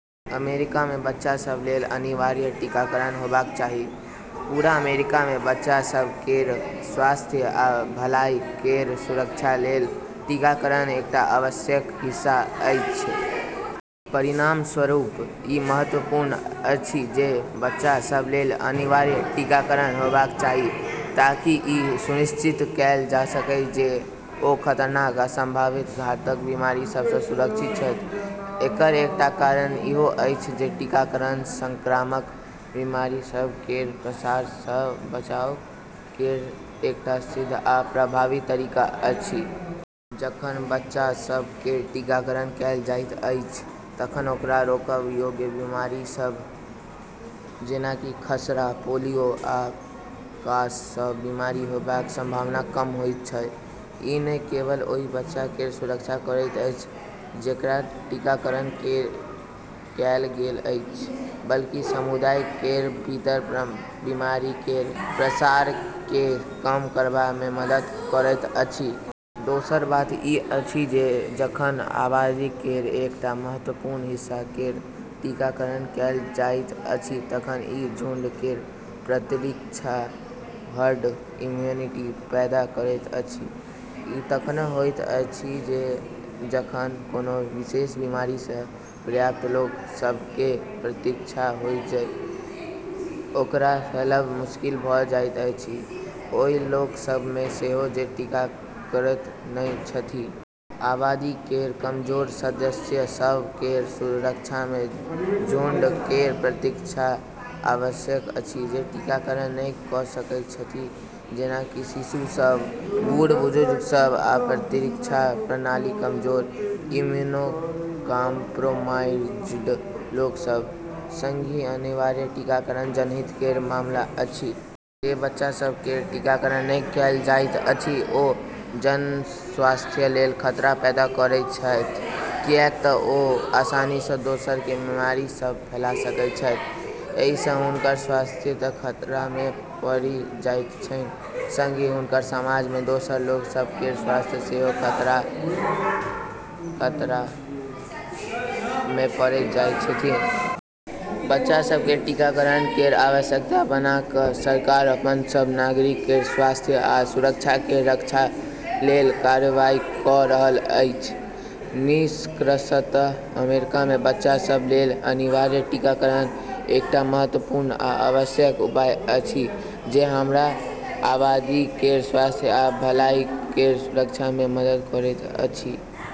एकटा पक्ष चुनू आ निम्नलिखित कथन लेल एकटा तर्क बनाऊ। अमेरिका मे बच्चा सभ लेल अनिवार्य टीकाकरण होबाक चाही। पूरा अमेरिका मे बच्चा सभ केर स्वास्थ्य आ भलाई केर सुरक्षा लेल टीकाकरण एकटा आवश्यक हिस्सा अछि। परिणामस्वरूप, ई महत्वपूर्ण अछि जे बच्चा सभ लेल अनिवार्य टीकाकरण होबाक चाही, ताकि ई सुनिश्चित कएल जा सकय जे ओ खतरनाक आ सम्भावित घातक बीमारी सभ सँ सुरक्षित छथि। एकर एकटा कारण ईहो अछि जे टीकाकरण संक्रामक बीमारी सभ केर प्रसार सँ बचाव केर एकटा सिद्ध आ प्रभावी तरीका अछि। जखन बच्चा सभ केर टीकाकरण कएल जाइत अछि, तखन ओकरा रोकब योग्य बीमारी सभ जेना कि खसरा, पोलियो, आ कास सँ बीमार होयबाक संभावना कम होइत छै। ई न केवल ओहि बच्चा केर सुरक्षा करैत अछि, जेकरा टीकाकरण कएल गेल अछि, बल्कि समुदाय केर भीतर बीमारी केर प्रसार केँ कम करबा मे मदद करैत अछि। दोसर बात ई अछि जे जखन आबादी केर एकटा महत्वपूर्ण हिस्सा केर टीकाकरण कएल जाइत अछि तखन ई झुंड केर प्रतिरक्षा हर्ड इम्युनिटी पैदा करैत अछि। ई तखन होइत अछि जखन कोनो विशेष बीमारी सँ पर्याप्त लोक सभ केँ प्रतिरक्षा होइत छै जे ओकरा फैलब मुश्किल भऽ जाइत छै, ओहि लोक सभ मे सेहो जे टीकाकृत नहि छथि। आबादी केर कमजोर सदस्य सभ केर सुरक्षा मे झुंड केर प्रतिरक्षा आवश्यक अछि, जे टीकाकरण नहि कऽ सकैत छथि, जेना कि शिशु सभ, बूढ़-बुजुर्ग सभ, आ प्रतिरक्षा प्रणाली कमजोर इम्यूनोकाम्प्रोमाइज्ड लोक सभ। संगहि, अनिवार्य टीकाकरण जनहित केर मामला अछि। जे बच्चा सभ केर टीकाकरण नहि कएल जाइत अछि, ओ जनस्वास्थ्य लेल खतरा पैदा करैत छथि, कियाक तँ ओ आसानी सँ दोसर केँ बीमारी सभ फैला सकैत छथि। एहि सँ हुनकर स्वास्थ्य तँ खतरा मे पड़ि जाइत छन्हि, संगहि हुनकर समाज मे दोसर लोक सभ केर स्वास्थ्य सेहो खतरा मे पड़ि जाइत छन्हि। बच्चा सभ केँ टीकाकरण केर आवश्यकता बना कऽ सरकार अपन सभ नागरिक केर स्वास्थ्य आ सुरक्षा केर रक्षा लेल कार्रवाई कऽ रहल अछि। निष्कर्षतः, अमेरिका मे बच्चा सभ लेल अनिवार्य टीकाकरण एकटा महत्वपूर्ण आ आवश्यक उपाय अछि जे हमर आबादी केर स्वास्थ्य आ भलाई केर सुरक्षा मे मदद करैत अछि।